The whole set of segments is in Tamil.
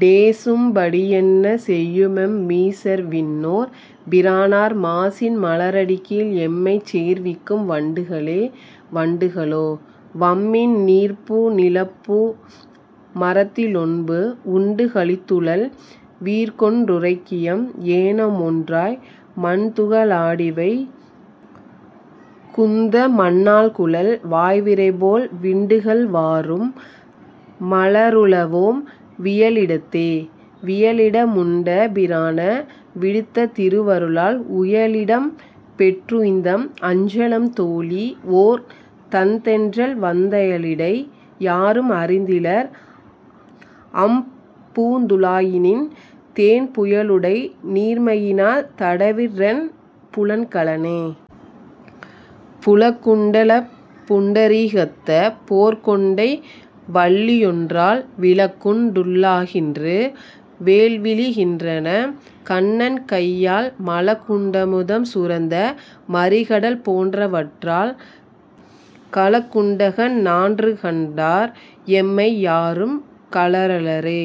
டேசும் படியன்ன செய்யுமெம் மீசர்விண் ணோர்பிரானார் மாசின் மலரடிக் கீழ், எம்மைச் சேர்விக்கும் வண்டுகளே வண்டுக ளோ. வம்மின் நீர்ப்பூ நிலப்பூ மரத்திலொண்பூ, உண்டுகளித்துழல் வீர்க்கொன்றுரைக்கியம், ஏனமொன்றாய் மண்துக ளாடிவை குந்தமன்னாள்குழல் வாய்விரைபோல் விண்டுகள் வாரும், மலருள வோம் வியலிடத்தே? வியலிட முண்ட பிரானா விடுத்த திருவருளால், உயலிடம் பெற்றுய்ந்தம் அஞ்சலம் தோழி, ஓர் தண்தென்றல்வந் தயலிடை யாரும் அறிந்திலர் அம்பூந் துழாயினின்தேன் புயலுடை நீர்மையி னால், தடவிற்றென் புலன்கலனே. புலக்குண் டலப்புண்ட ரீகத்த போர்க்கொண்டை, வல்லியொன்றால் விலக்குண் டுலாகின்று வேல்விழிக் கின்றன, கண்ணன் கையால் மலக்குண் டமுதம் சுரந்த மறிகடல் போன்றவற்றால் கலக்குண்ட நான்றுகண் டார், எம்மை யாரும் கழறலரே.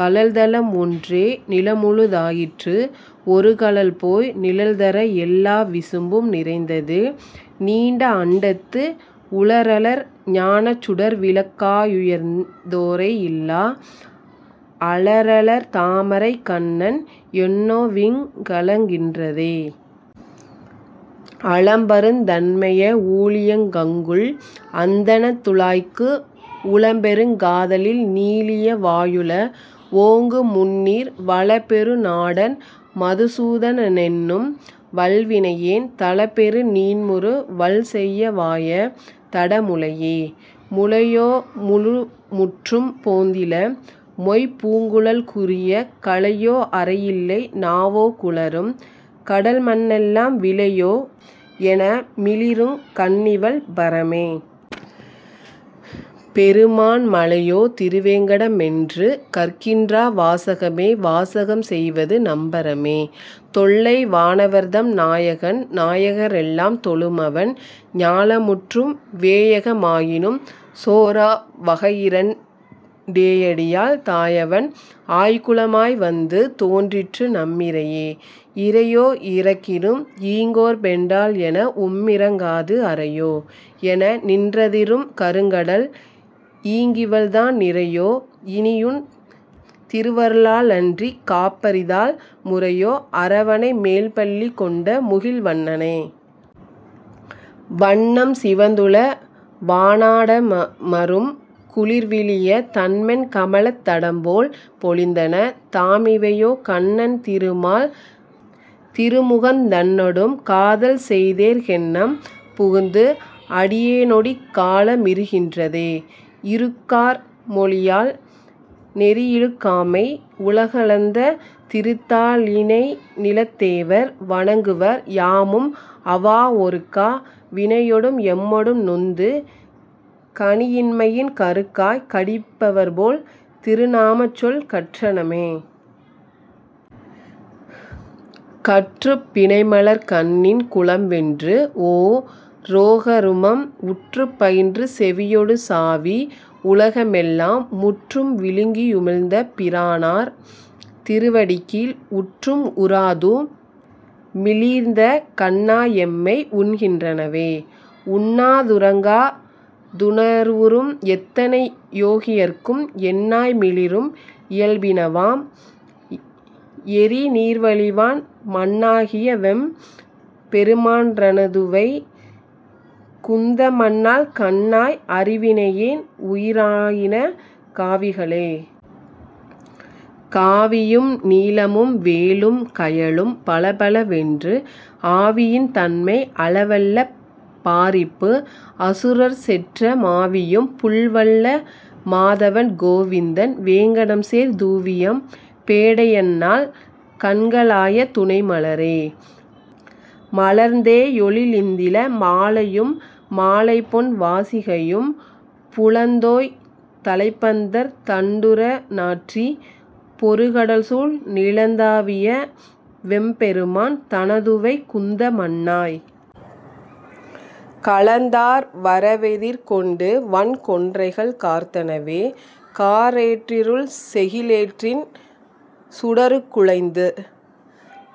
கழல்தலம் ஒன்றே நிலமுழு தாயிற்று, ஒருகழல்போய் நிழல்தர எல்லா விசும்பும் நிறைந்தது, நீண்ட அண்டத்து உழறலர ஞானச் சுடர்விளக் காயுயர்ந் தோரையில்லா அழறலர தாமரைக் கண்ணன், என்னோவிங் களக்கின்றதே? அளப்பருந் தன்மைய ஊழியங் கங்குல், அந் தண்ணந்துழாய்க்கு உளப்பெருங் காதலில் நீளிய வாயுள, ஓங்குமுந்நீர் வளப்பெரு நாடன் மதுசூ தனனென்னும் வல்வினையேன் தளப்பெரு நீண்முறு வல், செய்யவாய தடமுலையே. முலையோ முழுமுற்றும் போந்தில, மொய்பூங் குழல்குறிய கலையோ அரையில்லை நாவோகுழறும், கடல்மண்ணெல்லாம் விலையோ எனமிளி ருங்கண் ணிவள்பர மே. பெருமான் மலையோ திருவேங் கடமென்று கற்கின்றா வாசகமே? வாசகம் செய்வது நம்பரமே?, தொல்லை வானவர்தம் நாயகன் நாயக ரெல்லாம் தொழுமவன், ஞாலமுற்றும் வேயக மாயினும் சோரா வகையிரண் டேயடியால் தாயவன், ஆய்க்குல மாய்வந்து தோன்றிற்று நம்மிறையே. இறையோ இரக்கினும் ஈங்கோர்பெண்டால், என வும்மிரங்காது, அறையோ. எனநின் றதிரும் கருங்கடல், ஈங்க்கிவள்தன் நிறையோ இனியுன் திருவருளாலன்றிக் காப்பரிதால் முறையோ, அரவணை மேல்பள்ளி கொண்ட முகில்வண்ணனே. வண்ணம் சிவந்துள வானாடமரும் குளிர்விழிய, தண்மென் கமலத் தடம்போல் பொலிந்தன, தாமிவையோ கண்ணன் திருமால் திருமுகந் தன்னொடும் காதல்செய்தேற் கெண்ணம் புகுந்து, அடி யேனொடிக் கால மிருகின்றதே. இருக்கார் மொழியால் நெறியிழுக்காமை, உலகளந்த திருத்தா ளிணைநிலத் தேவர் வணங்குவர், யாமும் அவா ஒருக்கா வினையொடும் எம்மொடும் நொந்து கனியின்மையின் கருக்காய் கடிப்பவர் போல், திருநாமச்சொல் கற்றனமே. கற்றுப் பிணைமலர்க் கண்ணின் குலம்வென்று, ஓ ரோகருமம் உற்றுப் பயின்று செவியொடு சாவி, உலகமெல்லாம் முற்றும் விழுங்க்கி யுமிழ்ந்த பிரானார் திருவடிக்கீழ் உற்றும் உறாதும், மிளீர்ந்தகண் ணாயெம்மை உண்கின்றவே. உண்ணா துறங்கா துணர்வுறும் எத்தனை யோகியர்க்கும் எண்ணாய் மிளிரும் இயல்பினவாம், எரி நீர்வளிவான் மண்ணா கியவெம் பெருமான்றனதுவை குந்தமன்னாள் கண்ணாய் அருவினை யேன், உயிராயின காவிகளே. காவியும் நீலமும் வேலும் கயலும் பலபலவென்று, ஆவியின் தன்மை அளவல்ல பாரிப்பு, அசுரர்செற்ற மாவியம் புள்வல்ல மாதவன் கோவிந்தன் வேங்கடம்சேர் தூவியம் பேடையன் னாள், கண்களாய துணைமலரே. மலர்ந்தே யொழிலிந்தில மாலையும் மாலைபொன் வாசிகையும் புலந்தோய் தழைப்பந்தர் தண்டுற நாற்றி, பொருகடல்சூழ் நிலந்தா வியவெம் பெருமான் தனதுவை குந்தமன்னாய். கலந்தார் வரவெதிர் கொண்டு, வன் கொன்றைகள் கார்த்தனவே. காரேற் றிருள்செகி லேற்றின் சுடருக் குளைந்து,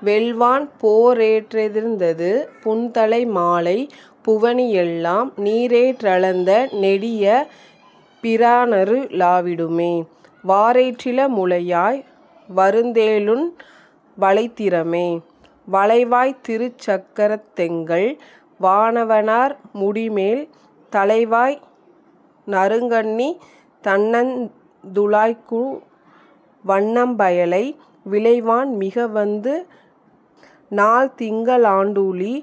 வெல்வான் போரேற் றெதிர்ந்தது புன்தலை மாலை, புவனியெல்லாம் நீரேற் றளந்த நெடிய பிரானரு ளாவிடுமே? வாரேற் றிளமுலை யாய், வருந்தேலுன் வளைத்திறமே. வளைவாய்த் திருச்சக் கரத்தெங்கள் வானவ னார்முடிமேல், தளைவாய் நறுங்கண்ணித் தண்ணந் துழாய்க்குவண் ணம்பயலை, விளைவான் மிகவந்து நாள்திங்க ளாண்டூழி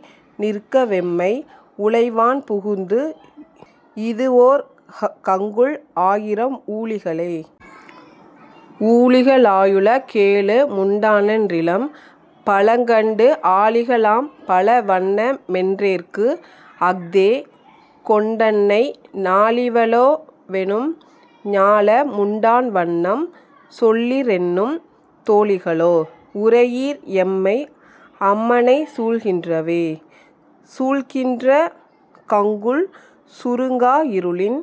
நிற்கவெம்மை உளைவான் புகுந்து, இது வோர்கங்குல் ஆயிரம் ஊழிகளே. ஊழிக ளாயுல கேழுமுண் டானென் றிலம், பழங்கண்டு ஆழிக ளாம்பழ வண்ணமென் றேற்க்கு, அஃ தேகொண்டன்னை நாழிவ ளோவெனும் ஞாலமுண் டான்வண்ணம் சொல்லிற்றென்னும் தோழிக ளோ. உரை யீர், எம்மை அம்மனை சூழ்கின்றவே. சூழ்க்கின்ற கங்குல் சுருங்கா இருளின்